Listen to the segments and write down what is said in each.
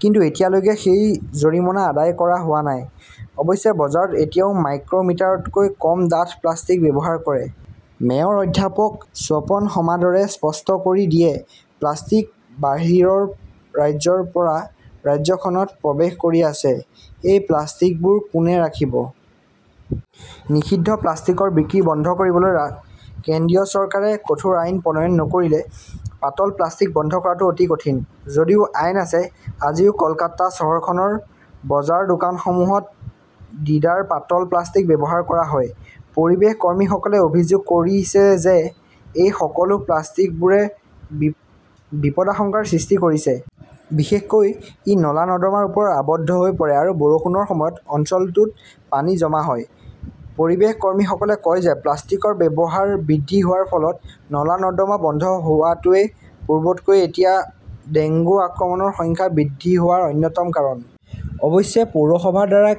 কিন্তু এতিয়ালৈকে সেই জৰিমনা আদায় কৰা হোৱা নাই। অৱশ্যে, বজাৰত এতিয়াও মাইক্ৰ মিটাৰতকৈ কম ডাঠ প্লাষ্টিক ব্যৱহাৰ কৰে, মেয়ৰ অধ্যাপক স্বপন সমাদৰে স্পষ্ট কৰি দিয়ে,"প্লাষ্টিক বাহিৰৰ ৰাজ্যৰ পৰা ৰাজ্যখনত প্ৰৱেশ কৰি আছে। সেই প্লাষ্টিকবোৰ কোনে ৰাখিব? নিষিদ্ধ প্লাষ্টিকৰ বিক্ৰী বন্ধ কৰিবলৈ কেন্দ্ৰীয় চৰকাৰে কঠোৰ আইন প্ৰণয়ন নকৰিলে পাতল প্লাষ্টিক বন্ধ কৰাটো অতি কঠিন। যদিও আইন আছে, আজিও কলকাতা চহৰখনৰ বজাৰ-দোকানসমূহত ডিডাৰ পাতল প্লাষ্টিক ব্যৱহাৰ কৰা হয়। পৰিৱেশ কৰ্মীসকলে অভিযোগ কৰিছে যে এই সকলো প্লাষ্টিকবোৰে বি বিপদাশংকাৰ সৃষ্টি কৰিছে। বিশেষকৈ, ই নলা-নৰ্দমাৰ ওপৰত আবদ্ধ হৈ পৰে আৰু বৰষুণৰ সময়ত অঞ্চলটোত পানী জমা হয়। পৰিৱেশ কৰ্মীসকলে কয় যে প্লাষ্টিকৰ ব্যৱহাৰ বৃদ্ধি হোৱাৰ ফলত নলা-নৰ্দমা বন্ধ হোৱাটোৱে পূৰ্বতকৈ এতিয়া ডেংগু আক্ৰান্তৰ সংখ্যা বৃদ্ধি হোৱাৰ অন্যতম কাৰণ। অৱশ্যে, পৌৰসভাৰ দ্বাৰা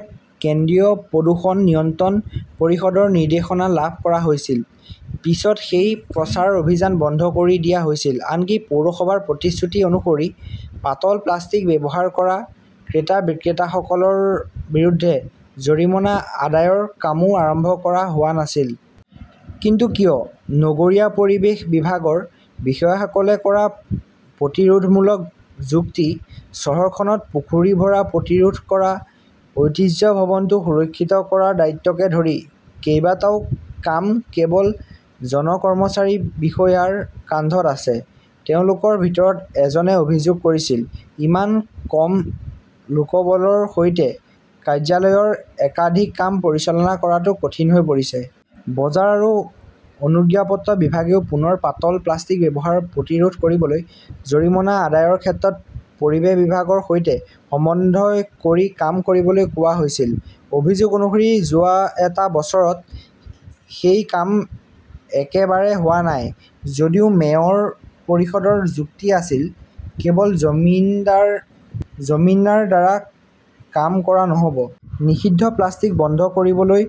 কেন্দ্ৰীয় প্ৰদূষণ নিয়ন্ত্ৰণ পৰিষদৰ নিৰ্দেশনা লাভ কৰা হৈছিল। পিছত সেই প্ৰচাৰ অভিযান বন্ধ কৰি দিয়া হৈছিল। আনকি পৌৰসভাৰ প্ৰতিশ্ৰুতি অনুসৰি পাতল প্লাষ্টিক ব্যৱহাৰ কৰা ক্ৰেতা-বিক্ৰেতাসকলৰ বিৰুদ্ধে জৰিমনা আদায়ৰ কামো আৰম্ভ কৰা হোৱা নাছিল। কিন্তু কিয়? নগৰীয়া পৰিৱেশ বিভাগৰ বিষয়াসকলে কৰা প্ৰতিৰোধমূলক যুক্তি, চহৰখনত পুখুৰী ভৰা প্ৰতিৰোধ কৰা, ঐতিহ্য ভৱনটো সুৰক্ষিত কৰাৰ দায়িত্বকে ধৰি কেইবাটাও কাম কেৱল জন কৰ্মচাৰী-বিষয়াৰ কান্ধত আছে। তেওঁলোকৰ ভিতৰত এজনে অভিযোগ কৰিছিল, "ইমান কম লোকবলৰ সৈতে কাৰ্যালয়ৰ একাধিক কাম পৰিচালনা কৰাটো কঠিন হৈ পৰিছে।" বজাৰ আৰু অনুজ্ঞাপত্ৰ বিভাগেও পুনৰ পাতল প্লাষ্টিক ব্যৱহাৰ প্ৰতিৰোধ কৰিবলৈ জৰিমনা আদায়ৰ ক্ষেত্ৰত পৰিৱেশ বিভাগৰ সৈতে সমন্বয় কৰি কাম কৰিবলৈ কোৱা হৈছিল। অভিযোগ অনুসৰি যোৱা এটা বছৰত সেই কাম একেবাৰে হোৱা নাই। যদিও মেয়ৰ পৰিষদৰ যুক্তি আছিল, "কেৱল জমিন্দাৰ জমিনাৰ দ্বাৰা কাম কৰা নহ'ব। নিষিদ্ধ প্লাষ্টিক বন্ধ কৰিবলৈ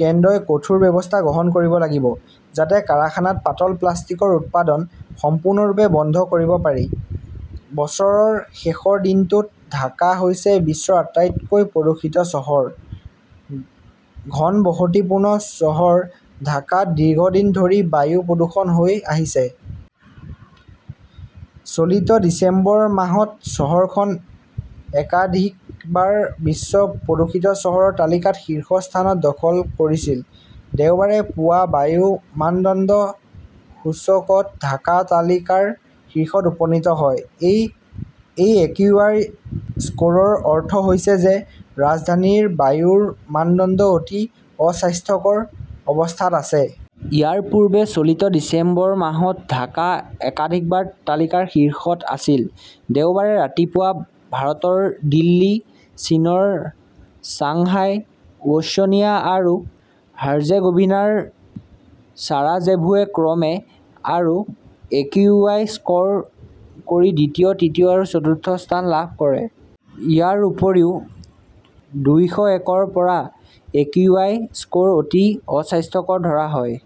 কেন্দ্ৰই কঠোৰ ব্যৱস্থা গ্ৰহণ কৰিব লাগিব। যাতে কাৰাখানাত পাতল প্লাষ্টিকৰ উৎপাদন সম্পূৰ্ণৰূপে বন্ধ কৰিব পাৰি। "। বছৰৰ শেষৰ দিনটোত ঢাকা হৈছে বিশ্বৰ আটাইতকৈ প্ৰদূষিত চহৰ। ঘনবসতিপূৰ্ণ চহৰ ঢাকাত দীৰ্ঘদিন ধৰি বায়ু প্ৰদূষণ হৈ আহিছে। চলিত ডিচেম্বৰ মাহত চহৰখন একাধিকবাৰ বিশ্বৰ প্ৰদূষিত চহৰৰ তালিকাত শীৰ্ষস্থান দখল কৰিছিল। দেওবাৰে পুৱা বায়ু মানদণ্ড সূচকত ঢাকা তালিকাৰ শীৰ্ষত উপনীত হয়। এই একিউআই স্ক'ৰৰ অৰ্থ হৈছে যে ৰাজধানীৰ বায়ুৰ মানদণ্ড অতি অস্বাস্থ্যকৰ অৱস্থাত আছে। ইয়াৰ পূৰ্বে চলিত ডিচেম্বৰ মাহত ঢাকা একাধিকবাৰ তালিকাৰ শীৰ্ষত আছিল। দেওবাৰে ৰাতিপুৱা ভাৰতৰ দিল্লী, চীনৰ চাংহাই ব'শ্বনিয়া আৰু হাৰ্জেগোভিনাৰ ছাৰাজেভোৱে ক্ৰমে আৰু একিউআই স্ক'ৰ কৰি দ্বিতীয়, তৃতীয় আৰু চতুৰ্থ স্থান লাভ কৰে। ইয়াৰ উপৰিও, দুইশ‌ একৰ পৰা একিউআই স্ক'ৰ অতি অস্বাস্থ্যকৰ ধৰা হয়।